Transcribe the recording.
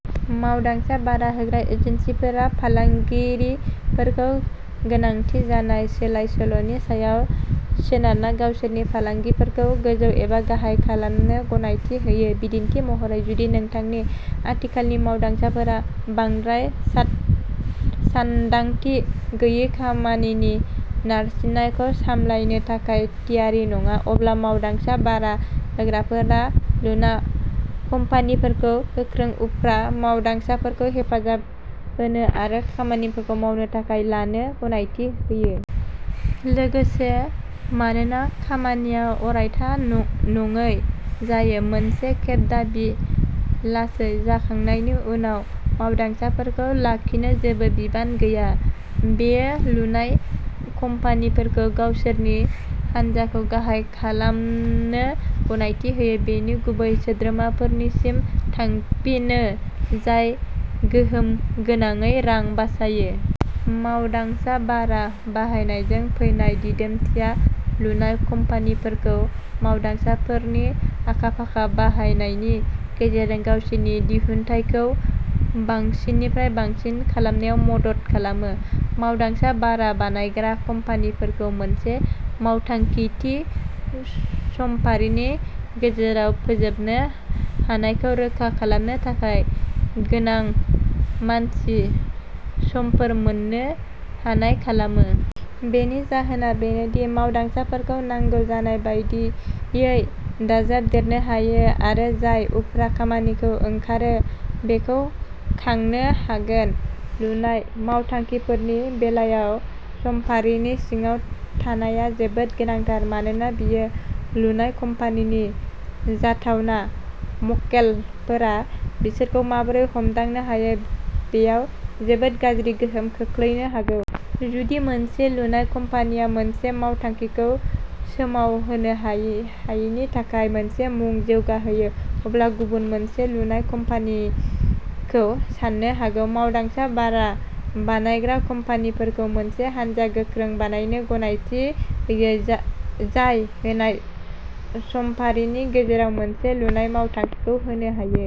मावदांसा भारा होग्रा एजेन्सिफोरा फालांगिफोरखौ गोनांथि जानाय सोलाय-सोल'नि सायाव सोनारना गावसोरनि फालांगिफोरखौ गोजौ एबा गाहाय खालामनो गनायथि होयो। बिदिन्थि महरै, जुदि नोंथांनि आथिखालनि मावदांसाफोरा बांद्राय सानदांथि गैयै खामानिनि नारसिननायखौ सामलायनो थाखाय थियारि नङा, अब्ला मावदांसा भारा होग्राफोरा लुनाय कम्पानिफोरखौ गोख्रै उफ्रा मावदांसाफोरखौ हेफाजाब होनो आरो खामानिखौ मावनो थाखाय लानो गनायथि होयो। लोगोसे, मानोना खामानिया अरायथा नङै जायो, मोनसे खेब दाबि लासै जाखांनायनि उनाव मावदांसाफोरखौ लाखिनो जेबो बिबान गैया। बेयो लुनाय कम्पानिफोरखौ गावसोरनि हानजाखौ गाहाय खालामनो गनायथि होयो, बेनि गुबै सोद्रोमाफोरसिम थांफिनो, जाय गोहोमगोनाङै रां बासायो। मावदांसा भारा बाहायनायजों फैनाय दिदोमथिया लुनाय कम्पानिफोरखौ मावदांसाफोरनि आखा-फाखा बाहायनायनि गेजेरजों गावसोरनि दिहुनथायखौ बांसिननिफ्राय बांसिन खालामनायाव मदद खालामो। मावदांसा भारा बानायग्रा कम्पानिफोरखौ मोनसे मावथांखिखौ थि समफारिनि गेजेराव फोजोबनो हानायखौ रोखा खालामनो थाखाय गोनां मानसि समफोर मोन्नो हानाय खालामो। बेनि जाहोना बेनो दि मावदांसाफोरखौ नांगौ जानाय बायदियै दाजाबदेरनो हायो आरो जाय उफ्रा खामानिखौ ओंखारो बेखौ खांनो हागोन। लुनाय मावथांखिफोरनि बेलायाव समफारिनि सिङाव थानाया जोबोद गोनांथार, मानोना बेयो लुनाय कम्पानिनि जाथावना मक्केलफोरा बिसोरखौ माबोरै हमदांनो हायो बेयाव जोबोद गाज्रि गोहोम खोख्लैनो हागौ। जुदि मोनसे लुनाय कम्पानिआ मोनसे मावथांखिखौ समाव होनो हायैनि थाखाय मोनसे मुं जौगाहोयो, अब्ला गुबुन मोनसे लुनाय कम्पानिखौ सान्नो हागौ। मावदांसा भारा बानायग्रा कम्पानिफोरखौ मोनसे हानजा गोख्रै बानायनो गनायथि होयो जाय होनाय समफारिनि गेजेराव मोनसे लुनाय मावथांखिखौ होनो हायो।